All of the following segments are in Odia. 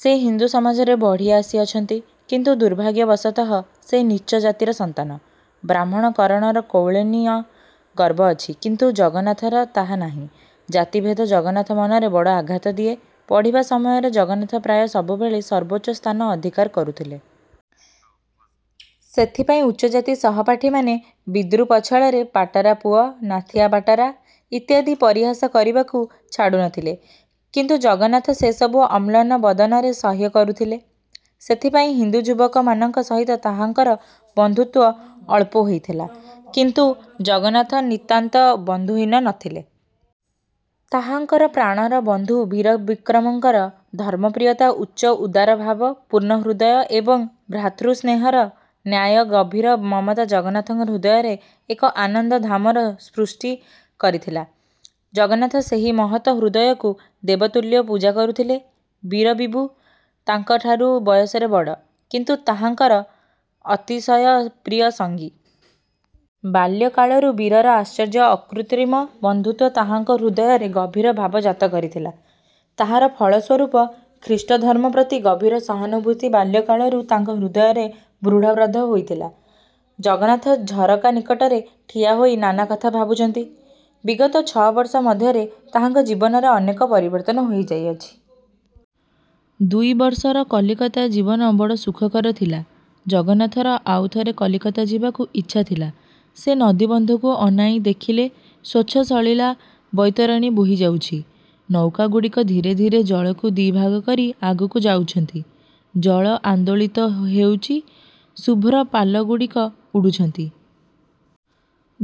ସେ ହିନ୍ଦୁ ସମାଜରେ ବଢ଼ି ଆସି ଅଛନ୍ତି। କିନ୍ତୁ ଦୁର୍ଭାଗ୍ୟ ବଶତଃ ସେ ନୀଚ୍ଚ ଜାତିର ସନ୍ତାନ। ବ୍ରାହ୍ମଣ କରଣର କୌଳୀନ୍ୟ ଗର୍ବ ଅଛି; କିନ୍ତୁ ଜଗନ୍ନାଥର ତାହା ନାହିଁ। ଜାତିଭେଦ ଜଗନ୍ନାଥ ମନରେ ବଡ଼ ଆଘାତ ଦିଏ। ପଢ଼ିବା ସମୟରେ ଜଗନ୍ନାଥ ପ୍ରାୟ ସବୁବେଳେ ସର୍ବୋଚ୍ଚ ସ୍ଥାନ ଅଧିକାର କରୁଥିଲେ। ସେଥିପାଇଁ ଉଚ୍ଚଜାତି ସହପାଠୀମାନେ ବିଦ୍ରୂ ପଛଳରେ "ପାଟରାପୁଅ, "ନାଥିଆ ପାଟରା", ଇତ୍ୟାଦି ପରିହାସ କରିବାକୁ ଛାଡ଼ୁ ନ ଥିଲେ। କିନ୍ତୁ ଜଗନ୍ନାଥ ସେ ସବୁ ଅମ୍ଳନ ବଦନରେ ସହ୍ୟ କରୁ−ଥିଲେ। ସେଥିପାଇଁ ହିନ୍ଦୁ ଯୁବକମାନଙ୍କ ସହିତ ତାହାଙ୍କର ବନ୍ଧୁତ୍ୱ ଅଳ୍ପ ହୋଇଥିଲା। କିନ୍ତୁ ଜଗନ୍ନାଥ ନିତାନ୍ତ ବନ୍ଧୁହୀନ ନ ଥିଲେ। ତାହାଙ୍କର ପ୍ରାଣର ବନ୍ଧୁ ବୀରବିକ୍ରମଙ୍କର ଧର୍ମପ୍ରିୟତା ଉଚ୍ଚ ଉଦାରଭାବ ପୂର୍ଣ୍ଣ ହୃଦୟ ଏବଂ ଭ୍ରାତୃସ୍ନେହର ନ୍ୟାୟ ଗଭୀର ମମତା ଜଗନ୍ନାଥଙ୍କ ହୃଦୟରେ ଏକ ଆନନ୍ଦ ଧାମର ସୃଷ୍ଟି କରିଥିଲା। ଜଗନ୍ନାଥ ସେହି ମହତ ହୃଦୟକୁ ଦେବତୁଲ୍ୟ ପୂଜା କରୁଥିଲେ। ବୀରବୀବୁ ତାଙ୍କଠାରୁ ବୟସରେ ବଡ଼। କିନ୍ତୁ ତାହାଙ୍କର ଅତିଶୟ ପ୍ରିୟ ସଙ୍ଗୀ। ବାଲ୍ୟକାଳରୁ ବୀରର ଆଶ୍ଚର୍ଯ୍ୟ ଅକୃତ୍ରିମ ବନ୍ଧୁତ୍ୱ ତାହାଙ୍କ ହୃଦୟରେ ଗଭୀର ଭାବ ଜାତ କରିଥିଲା-। ତାହାର ଫଳ ସ୍ୱରୂପ ଖ୍ରୀଷ୍ଟଧର୍ମ ପ୍ରତି ଗଭୀର ସହାନୁଭୂତି ବାଲ୍ୟକାଳରୁ ତାଙ୍କ ହୃଦୟରେ ବୃଢ଼ବଦ୍ଧ ହୋଇଥିଲା। ଜଗନ୍ନାଥ ଝରକାନିକଟରେ ଠିଆ ହୋଇ ନାନା କଥା ଭାବୁଚନ୍ତି। ବିଗତ ଛ ବର୍ଷ ମଧ୍ୟରେ ତାହାଙ୍କ ଜୀବନରେ ଅନେକ ପରିବର୍ତ୍ତନ ହୋଇଯାଇଅଛି। ଦୁଇବର୍ଷର କଲିକତା ଜୀବନ ବଡ଼ ସୁଖକର ଥିଲା। ଜଗନ୍ନାଥର ଆଉଥରେ କଲିକତା ଯିବାକୁ ଇଚ୍ଛାଥିଲା। ସେ ନଦୀବନ୍ଧକୁ ଅନାଇଁ ଦେଖିଲେ ସ୍ୱଚ୍ଛସଲିଳା ବୈତରଣୀ ବୋହିଯାଉଛି। ନୌକାଗୁଡ଼ିକ ଧୀରେ ଧୀରେ ଜଳକୁ ଦି'ଭାଗ କରି ଆଗକୁ ଯାଉଛନ୍ତି। ଜଳ ଆନ୍ଦୋଳିତ ହେଉଛି ଶୁଭ୍ର ପାଲ ଗୁଡ଼ିକ ଉଡ଼ୁଛନ୍ତି।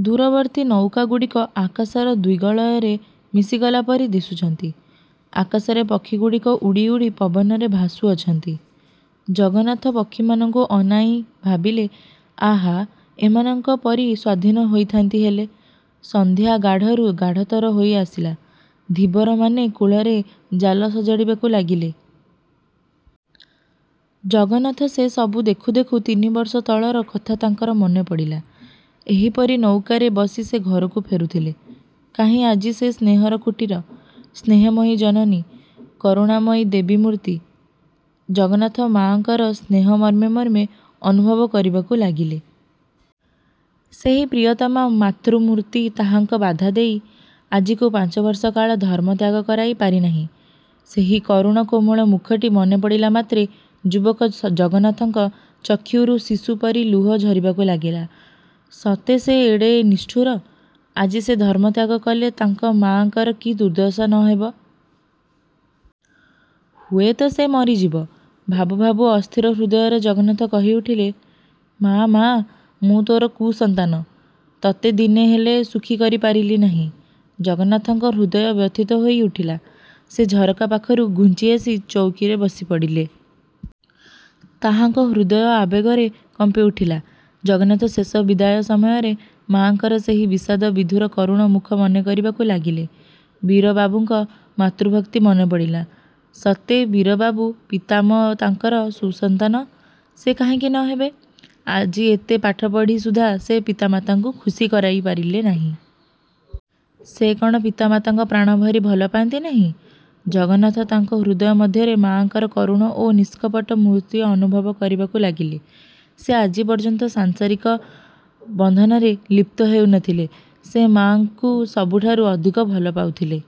ଦୂରବର୍ତ୍ତୀ ନୌକା ଗୁଡ଼ିକ ଆକାଶର ଦିଗ୍ବଳୟରେ ମିଶିଗଲାପରି ଦିଶୁଚନ୍ତି। ଆକାଶରେ ପକ୍ଷୀଗୁଡ଼ିକ ଉଡ଼ି ଉଡ଼ି ପବନରେ ଭାସୁଅଛନ୍ତି। ଜଗନ୍ନାଥ ପକ୍ଷୀମାନଙ୍କୁ ଅନାଇଁ ଭାବିଲେ "ଆହା, ଏମାନଙ୍କ ପରି ସ୍ୱାଧୀନ ହୋଇଥାନ୍ତି ହେଲେ। " ସଂଧ୍ୟା ଗାଢ଼ରୁ ଗାଢ଼ତର ହୋଇ ଆସିଲା। ଧୀବର−ମାନେ କୂଳରେ ଜାଲ ସଜାଡ଼ିବାକୁ ଲାଗିଲେ। ଜଗନ୍ନାଥ ସେ ସବୁ ଦେଖୁ ଦେଖୁ ତିନିବର୍ଷ ତଳର କଥା ତାଙ୍କର ମନେ ପଡ଼ିଲା। ଏହିପରି ନୌକାରେ ବସି ସେ ଘରକୁ ଫେରୁଥିଲେ। କାହିଁ ଆଜି ସେ ସ୍ନେହର କୁଟୀର? ସ୍ନେହମୟୀ ଜନନୀ! କରୁଣାମୟୀ ଦେବୀ ମୂର୍ତ୍ତି। ଜଗନ୍ନାଥ ମାଆଙ୍କର ସ୍ନେହ ମର୍ମେ ମର୍ମେ ଅନୁଭବ କରିବାକୁ ଲାଗିଲେ। ସେହି ପ୍ରିୟତମା ମାତୃମୂର୍ତ୍ତି ତାହାଙ୍କ ବାଧା ଦେଇ ଆଜିକୁ ପାଞ୍ଚବର୍ଷ କାଳ ଧର୍ମ− ତ୍ୟାଗ କରାଇ ପାରିନାହିଁ। ସେହି କରୁଣ କୋମଳ ମୁଖଟି ମନେପଡ଼ିଲା ମାତ୍ରେ ଯୁବକ ଜଗନ୍ନାଥଙ୍କ ଚକ୍ଷୁରୁ ଶିଶୁପରି ଲୁହ ଝରିବାକୁ ଲାଗିଲା। ସତେ ସେ ଏଡ଼େ ନିଷ୍ଠୁର। ଆଜି ସେ ଧର୍ମତ୍ୟାଗ କଲେ ତାଙ୍କ ମାଆଙ୍କର କି ଦୁର୍ଦ୍ଦଶା ନ ହେବ? ହୁଏତ ସେ ମରିଯିବ। ଭାବୁ ଭାବୁ ଅସ୍ଥିର ହୃଦୟରେ ଜଗନ୍ନାଥ କହି ଉଠିଲେ − "ମା, ମା, ମୁଁ ତୋ'ର କୁସନ୍ତାନ। ତତେ ଦିନେ ହେଲେ ସୁଖୀ କରି ପାରିଲିନାହିଁ। " ଜଗନ୍ନାଥଙ୍କ ହୃଦୟ ବ୍ୟଥିତ ହୋଇ ଉଠିଲା। ସେ ଝରକା ପାଖରୁ ଘୁଞ୍ଚି ଆସି ଚୌକିରେ ବସି ପଡ଼ିଲେ। ତାହାଙ୍କ ହୃଦୟ ଆବେଗରେ କମ୍ପି ଉଠିଲା।। ଜଗନ୍ନାଥ ଶେଷ ବିଦାୟ ସମୟରେ ମାଆଙ୍କର ସେହି ବିଷାଦ ବିଧୁର କରୁଣ ମୁଖ ମନେ କରିବାକୁ ଲାଗିଲେ। ବୀରବାବୁଙ୍କ ମାତୃଭକ୍ତି ମନେ ପଡ଼ିଲା। ସତେ, ବୀରବାବୁ ପିତାମ ତାଙ୍କର ସୁସନ୍ତାନ, ସେ କାହିଁକି ନ ହେବେ। ଆଜି ଏତେ ପାଠ ପଢ଼ି ସୁଦ୍ଧା ସେ ପିତାମାତାଙ୍କୁ ଖୁସି କରାଇ ପାରିଲେ ନାହିଁ। ସେ କ'ଣ ପିତାମାତାଙ୍କ ପ୍ରାଣଭରି ଭଲ ପା'ନ୍ତି ନାହିଁ। ଜଗନ୍ନାଥ ତାଙ୍କ ହୃଦୟ ମଧ୍ୟରେ ମାଆଙ୍କର କରୁଣ ଓ ନିଷ୍କପଟ ମୂର୍ତ୍ତି ଅନୁଭବ କରିବାକୁ ଲାଗିଲେ। ସେ ଆଜି ପର୍ଯ୍ୟନ୍ତ ସଂସାରିକ ବନ୍ଧନରେ ଲିପ୍ତ ହୋଇ ନଥିଲେ। ସେ ମାଆଙ୍କୁ ସବୁଠାରୁ ଅଧିକ ଭଲ ପାଉଥିଲେ।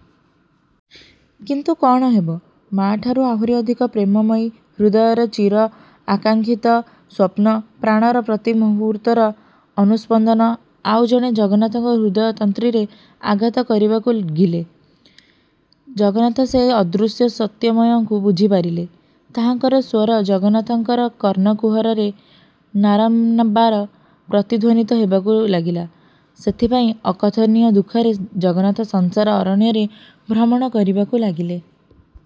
କିନ୍ତୁ କଣ ହେବ? ମାଆଠାରୁ ଆହୁରି ଅଧିକ ପ୍ରେମମୟୀ, ହୃଦୟର ଚିର ଆକାଙିକ୍ଷତ ସ୍ୱପ୍ନ, ପ୍ରାଣର ପ୍ରତିମହୂର୍ତ୍ତର ଅନୁସ୍ପନ୍ଦନ ଆଉଜଣେ ଜଗନ୍ନାଥଙ୍କ ହୃଦୟ ତନ୍ତ୍ରୀରେ ଆଘାତ କରିବାକୁ ଗିଲେ। ଜଗନ୍ନାଥ ସେ ଅଦୃଶ୍ୟ ସତ୍ୟମୟଙ୍କୁ ବୁଝିପାରିଲେ। ତାହାଙ୍କର ସ୍ୱର ଜଗନ୍ନାଥଙ୍କର କର୍ଣ୍ଣକୁହରରେ ନାରମ୍ବାର ପ୍ରତିଧ୍ୱନିତ ହେବାକୁ ଲାଗିଲା। ସେଥିପାଇଁ ଅକଥନୀୟ ଦୁଃଖରେ ଜଗନ୍ନାଥ ସଂସାର ଅରଣ୍ୟରେ ଭ୍ରମଣ କରିବାକୁ ଲାଗିଲେ।